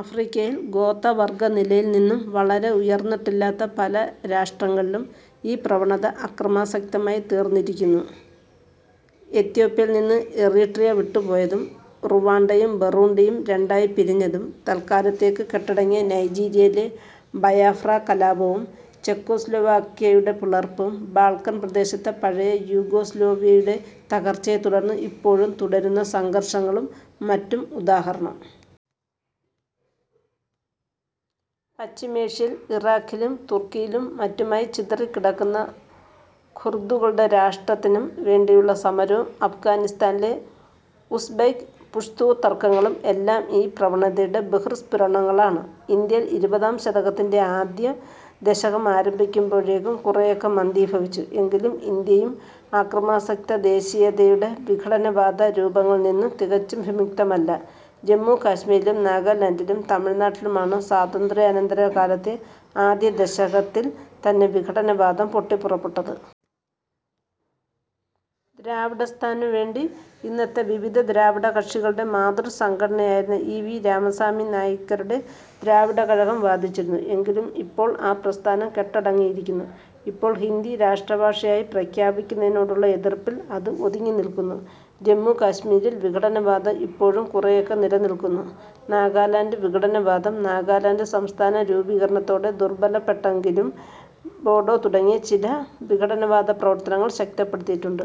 ആഫ്രിക്കയിൽ ഗോത്തവർഗനിലയിൽ നിന്നും വളരെ ഉയർന്നിട്ടില്ലാത്ത പല രാഷ്ട്രങ്ങളിലും ഈ പ്രവണത അക്രമാസക്തമായി തീർന്നിരിക്കുന്നു. എത്യോപ്യയിൽ നിന്ന് എറിട്രിയ വിട്ടുപോയതും റുവാണ്ടയും ബറൂണ്ടിയും രണ്ടായി പിരിഞ്ഞതും, തൽക്കാലത്തേക്ക് കെട്ടടങ്ങിയ നൈജീരിയയിലെ ബയാഫ്രാ കലാപവും ചെക്കോസ്ലോവാക്കിയയുടെ പിളർപ്പും, ബാൾക്കൻ പ്രദേശത്തെ പഴയ യുഗോസ്ലോവ്യയുടെ തകർച്ചയെ തുടർന്ന് ഇപ്പോഴും തുടരുന്ന സംഘർഷങ്ങളും മറ്റും ഉദാഹരണം. പശ്ചിമേഷ്യയിൽ ഇറാഖിലും തുർക്കിയിലും മറ്റുമായി ചിതറിക്കിടക്കുന്ന ഖുർദുകളുടെ രാഷ്ട്രത്തിനും വേണ്ടിയുള്ള സമരവും അഫ്ഗാനിസ്താനിലെ ഉസ്ബെക്ക്, പുഷ്തു തർക്കങ്ങളും എല്ലാം ഈ പ്രവണതയുടെ ബഹിർസ്ഫുരണങ്ങളാണ്. ഇന്ത്യയിൽ ഇരുപതാം ശതകത്തിന്റെ ആദ്യ ദശകമാരംഭിക്കുമ്പോഴേക്കും കുറെയൊക്കെ മന്ദീഭവിച്ചു എങ്കിലും ഇന്ത്യയും അക്രമാസക്തദേശീയതയുടെ വിഘടനവാദ രൂപങ്ങളിൽ നിന്ന് തികച്ചും വിമുക്തമല്ല. ജമ്മുകാശ്മീരിലും നാഗാലൻഡിലും തമിഴ്നാട്ടിലുമാണ് സ്വാതന്ത്ര്യാനന്തര കാലത്തെ ആദ്യദശകത്തിൽ തന്നെ വിഘടനവാദം പൊട്ടിപ്പുറപ്പെട്ടത്. ദ്രാവിഡസ്ഥാനുവേണ്ടി ഇന്നത്തെ വിവിധ ദ്രാവിഡകക്ഷികളുടെ മാതൃസംഘടനയായിരുന്ന ഇ. വി. രാമസ്വാമി നായ്ക്കരുടെ ദ്രാവിഡകഴകം വാദിച്ചിരുന്നു എങ്കിലും ഇപ്പോൾ ആ പ്രസ്ഥാനം കെട്ടടങ്ങിയിരിക്കുന്നു. ഇപ്പോൾ ഹിന്ദി രാഷ്ട്രഭാഷയായി പ്രഖ്യാപിക്കുന്നതിനോടുള്ള എതിർപ്പിൽ അത് ഒതുങ്ങിനിൽക്കുന്നു. ജമ്മുകാശ്മീരിൽ വിഘടനവാദം ഇപ്പോഴും കുറെയൊക്കെ നിലനിൽക്കുന്നു. നാഗാലൻഡ് വിഘടനവാദം നാഗാലാൻഡ് സംസ്ഥാന രൂപീകരണത്തോടെ ദുർബലപ്പെട്ടെങ്കിലും ബോഡോ തുടങ്ങിയ ചില വിഘടനവാദ പ്രവർത്തനങ്ങൾ ശക്തിപ്പെടുത്തിയിട്ടുണ്ട്.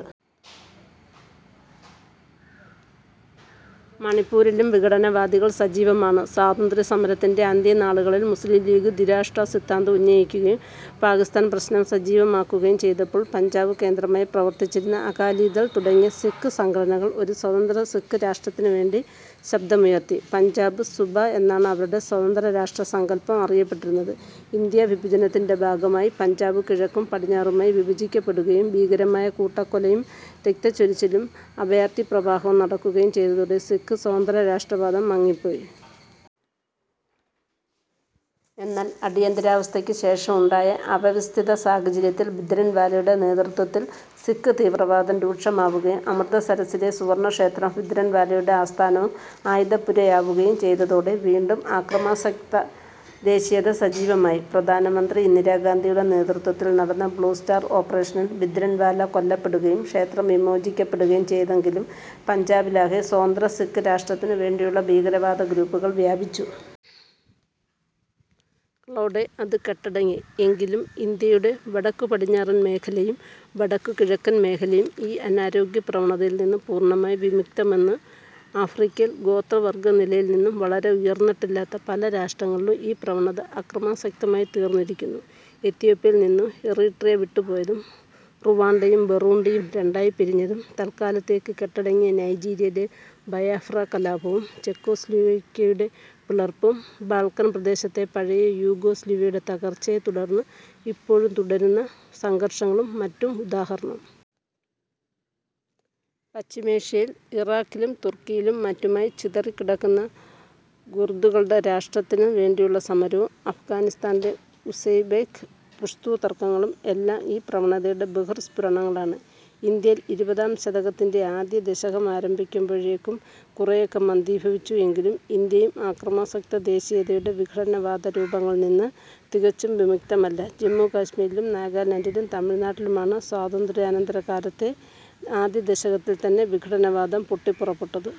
മണിപ്പൂരിലും വിഘടനവാദികൾ സജീവമാണ്. സ്വാതന്ത്ര്യസമരത്തിന്റെ അന്ത്യനാളുകളിൽ മുസ്ലീംലീഗ് ദ്വിരാഷ്ട്ര സിദ്ധാന്തം ഉന്നയിക്കുകയും പാകിസ്താൻ പ്രശ്നം സജീവമാക്കുകയും ചെയ്തപ്പോൾ പഞ്ചാബ് കേന്ദ്രമായി പ്രവർത്തിച്ചിരുന്ന അകാലിദൾ തുടങ്ങിയ സിക്ക് സംഘടനകൾ ഒരു സ്വതന്ത്ര സിക്ക് രാഷ്ട്രത്തിനുവേണ്ടി ശബ്ദമുയർത്തി. പഞ്ചാബ് സുബ എന്നാണ് അവരുടെ സ്വതന്ത്രരാഷ്ട്രസങ്കല്പം അറിയപ്പെട്ടിരുന്നത്. ഇന്ത്യാവിഭജനത്തിന്റെ ഭാഗമായി പഞ്ചാബ് കിഴക്കും പടിഞ്ഞാറുമായി വിഭജിക്കപ്പെടുകയും ഭീകരമായ കൂട്ടക്കൊലയും രക്തച്ചൊരിച്ചിലും അഭയാർഥി പ്രവാഹവും നടക്കുകയും ചെയ്തതോടെ സിക്ക് സ്വതന്ത്രരാഷ്ട്രവാദം മങ്ങിപ്പോയി. എന്നാൽ അടിയന്തരാവസ്ഥക്ക് ശേഷം ഉണ്ടായ അവ്യവസ്ഥിത സാഹചര്യത്തിൽ ഭിന്ദ്രൻവാലയുടെ നേതൃത്വത്തിൽ സിക്ക് തീവ്രവാദം രൂക്ഷമാവുകയും അമൃതസരസ്സിലെ സുവർണക്ഷേത്രം ഭിന്ദ്രൻവാലയുടെ ആസ്ഥാനവും ആയുധപ്പുരയാവുകയും ചെയ്തതോടെ വീണ്ടും ആക്രമാസക്ത ദേശീയത സജീവമായി. പ്രധാനമന്ത്രി ഇന്ദിരാഗാന്ധിയുടെ നേതൃത്വത്തിൽ നടന്ന ബ്ളൂസ്റ്റാർ ഓപ്പറേഷനിൽ ഭിന്ദ്രൻവാല കൊല്ലപ്പെടുകയും ക്ഷേത്രം വിമോചിക്കപ്പെടുകയും ചെയ്തെങ്കിലും പഞ്ചാബിലാകെ സ്വതന്ത്ര സിക്ക് രാഷ്ട്രത്തിന് വേണ്ടിയുള്ള ഭീകരവാദ ഗ്രൂപ്പുകൾ വ്യാപിച്ചു. -കളോടെ അത് കെട്ടടങ്ങി. എങ്കിലും ഇന്ത്യയുടെ വടക്കു പടിഞ്ഞാറൻ മേഖലയും വടക്കു കിഴക്കൻ മേഖലയും ഈ അനാരോഗ്യ പ്രവണതയിൽ നിന്ന് പൂർണമായി വിമുക്തമെന്നു ആഫ്രിക്കയിൽ ഗോത്രവർഗനിലയിൽ നിന്നും വളരെ ഉയർന്നിട്ടില്ലാത്ത പല രാഷ്ട്രങ്ങളിലും ഈ പ്രവണത അക്രമാസക്തമായി തീർന്നിരിക്കുന്നു. എത്യോപ്യയിൽ നിന്നും എറിട്രിയ വിട്ടുപോയതും റുവാണ്ടയും ബറൂണ്ടിയും രണ്ടായി പിരിഞ്ഞതും, തൽക്കാലത്തേക്ക് കെട്ടടങ്ങിയ നൈജീരിയയിലെ ബയാഫ്രാ കലാപവും ചെക്കോസ്ലോവേക്കിയയുടെ പിളർപ്പും, ബാൾക്കൻ പ്രദേശത്തെ പഴയ യുഗോസ്ലോവ്യയുടെ തകർച്ചയെ തുടർന്ന് ഇപ്പോഴും തുടരുന്ന സംഘർഷങ്ങളും മറ്റും ഉദാഹരണം. പശ്ചിമേഷ്യയിൽ ഇറാഖിലും തുർക്കിയിലും മറ്റുമായി ചിതറിക്കിടക്കുന്ന ഖുർദുകളുടെ രാഷ്ട്രത്തിനു വേണ്ടിയുള്ള സമരവും അഫ്ഘാനിസ്താനിലെ ഉസൈബേക്ക്, പുഷ്തു തർക്കങ്ങളും എല്ലാം ഈ പ്രവണതയുടെ ബഹിർസ്ഫുരണങ്ങളാണ്. ഇന്ത്യയിൽ ഇരുപതാം ശതകത്തിന്റെ ആദ്യ ദശകമാരംഭിക്കുമ്പഴേക്കും കുറെയൊക്കെ മന്ദീഭവിച്ചു എങ്കിലും ഇന്ത്യയും ആക്രമാസക്തദേശീയതയുടെ വിഘടനവാദ രൂപങ്ങളിൽ നിന്ന് തികച്ചും വിമുക്തമല്ല. ജമ്മുകാശ്മീരിലും നാഗാലൻഡിലും തമിഴ്നാട്ടിലുമാണ് സ്വാതന്ത്ര്യാനന്തര കാലത്തെ ആദ്യദശകത്തിൽ തന്നെ വിഘടനവാദം പൊട്ടിപ്പുറപ്പെട്ടത്.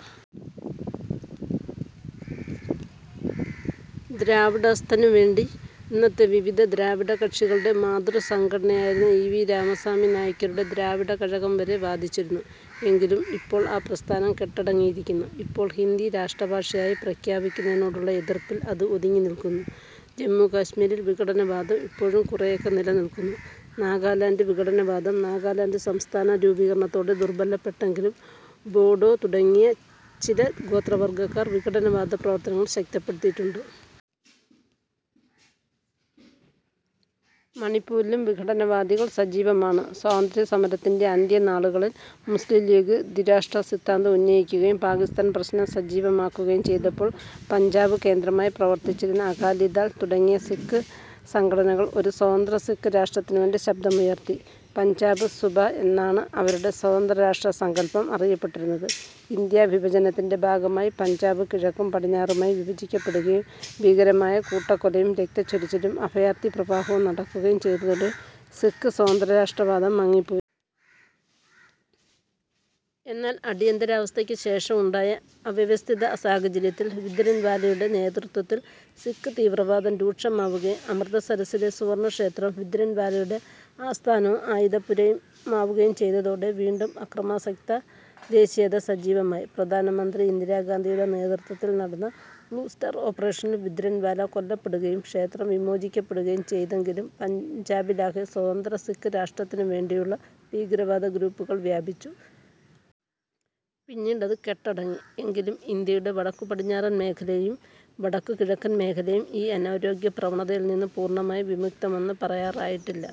ദ്രാവിഡാസ്ഥനുവേണ്ടി ഇന്നത്തെ വിവിധ ദ്രാവിഡകക്ഷികളുടെ മാതൃസംഘടനയായിരുന്ന ഇ. വി. രാമസ്വാമി നായ്ക്കരുടെ ദ്രാവിഡകഴകം വരെ വാദിച്ചിരുന്നു എങ്കിലും ഇപ്പോൾ ആ പ്രസ്ഥാനം കെട്ടടങ്ങിയിരിക്കുന്നു. ഇപ്പോൾ ഹിന്ദി രാഷ്ട്രഭാഷയായി പ്രഖ്യാപിക്കുന്നതിനോടുള്ള എതിർപ്പിൽ അത് ഒതുങ്ങിനിൽക്കുന്നു. ജമ്മുകാശ്മീരിൽ വിഘടനവാദം ഇപ്പോഴും കുറെയൊക്കെ നിലനിൽക്കുന്നു. നാഗാലൻഡ് വിഘടനവാദം നാഗാലാൻഡ് സംസ്ഥാന രൂപീകരണത്തോടെ ദുർബലപ്പെട്ടെങ്കിലും ബോഡോ തുടങ്ങിയ ചില ഗോത്രവർഗക്കാർ വിഘടനവാദ പ്രവർത്തനങ്ങൾ ശക്തപ്പെടുത്തിയിട്ടുണ്ട്. മണിപ്പൂരിലും വിഘടനവാദികൾ സജീവമാണ്. സ്വാതന്ത്ര്യസമരത്തിന്റെ അന്ത്യനാളുകളിൽ മുസ്ലീംലീഗ് ദ്വിരാഷ്ട്ര സിദ്ധാന്തം ഉന്നയിക്കുകയും പാകിസ്താൻ പ്രശ്നം സജീവമാക്കുകയും ചെയ്തപ്പോൾ പഞ്ചാബ് കേന്ദ്രമായി പ്രവർത്തിച്ചിരുന്ന അകാലിദൾ തുടങ്ങിയ സിക്ക് സംഘടനകൾ ഒരു സ്വതന്ത്ര സിക്ക് രാഷ്ട്രത്തിനുവേണ്ടി ശബ്ദമുയർത്തി. പഞ്ചാബ് സുബ എന്നാണ് അവരുടെ സ്വതന്ത്രരാഷ്ട്രസങ്കല്പം അറിയപ്പെട്ടിരുന്നത്. ഇന്ത്യാവിഭജനത്തിന്റെ ഭാഗമായി പഞ്ചാബ് കിഴക്കും പടിഞ്ഞാറുമായി വിഭജിക്കപ്പെടുകയും ഭീകരമായ കൂട്ടക്കൊലയും രക്തച്ചൊരിച്ചിലും അഭയാർഥി പ്രവാഹവും നടക്കുകയും ചെയ്തതോടെ സിക്ക് സ്വതന്ത്രരാഷ്ട്രവാദം മങ്ങിപ്പോയി. എന്നാൽ അടിയന്തരാവസ്ഥക്ക് ശേഷം ഉണ്ടായ അവ്യവസ്ഥിത സാഹചര്യത്തിൽ ഭിന്ദ്രൻവാലയുടെ നേതൃത്വത്തിൽ സിക്ക് തീവ്രവാദം രൂക്ഷമാവുകയും അമൃതസരസ്സിലെ സുവർണക്ഷേത്രം ഭിന്ദ്രൻവാലയുടെ ആസ്ഥാനവും ആയുധപ്പുരയുമാവുകയും ചെയ്തതോടെ വീണ്ടും അക്രമാസക്ത ദേശീയത സജീവമായി. പ്രധാനമന്ത്രി ഇന്ദിരാഗാന്ധിയുടെ നേതൃത്വത്തിൽ നടന്ന ബ്ളൂസ്റ്റാർ ഓപ്പറേഷനിൽ ഭിന്ദ്രൻവാല കൊല്ലപ്പെടുകയും ക്ഷേത്രം വിമോചിക്കപ്പെടുകയും ചെയ്തെങ്കിലും പഞ്ചാബിലാകെ സ്വതന്ത്ര സിക്ക് രാഷ്ട്രത്തിന് വേണ്ടിയുള്ള ഭീകരവാദ ഗ്രൂപ്പുകൾ വ്യാപിച്ചു. പിന്നീട് അത് കെട്ടടങ്ങി. എങ്കിലും ഇന്ത്യയുടെ വടക്കു പടിഞ്ഞാറൻ മേഖലയും വടക്കു കിഴക്കൻ മേഖലയും ഈ അനാരോഗ്യ പ്രവണതയിൽ നിന്ന് പൂർണമായി വിമുക്തമെന്നു പറയാറായിട്ടില്ല.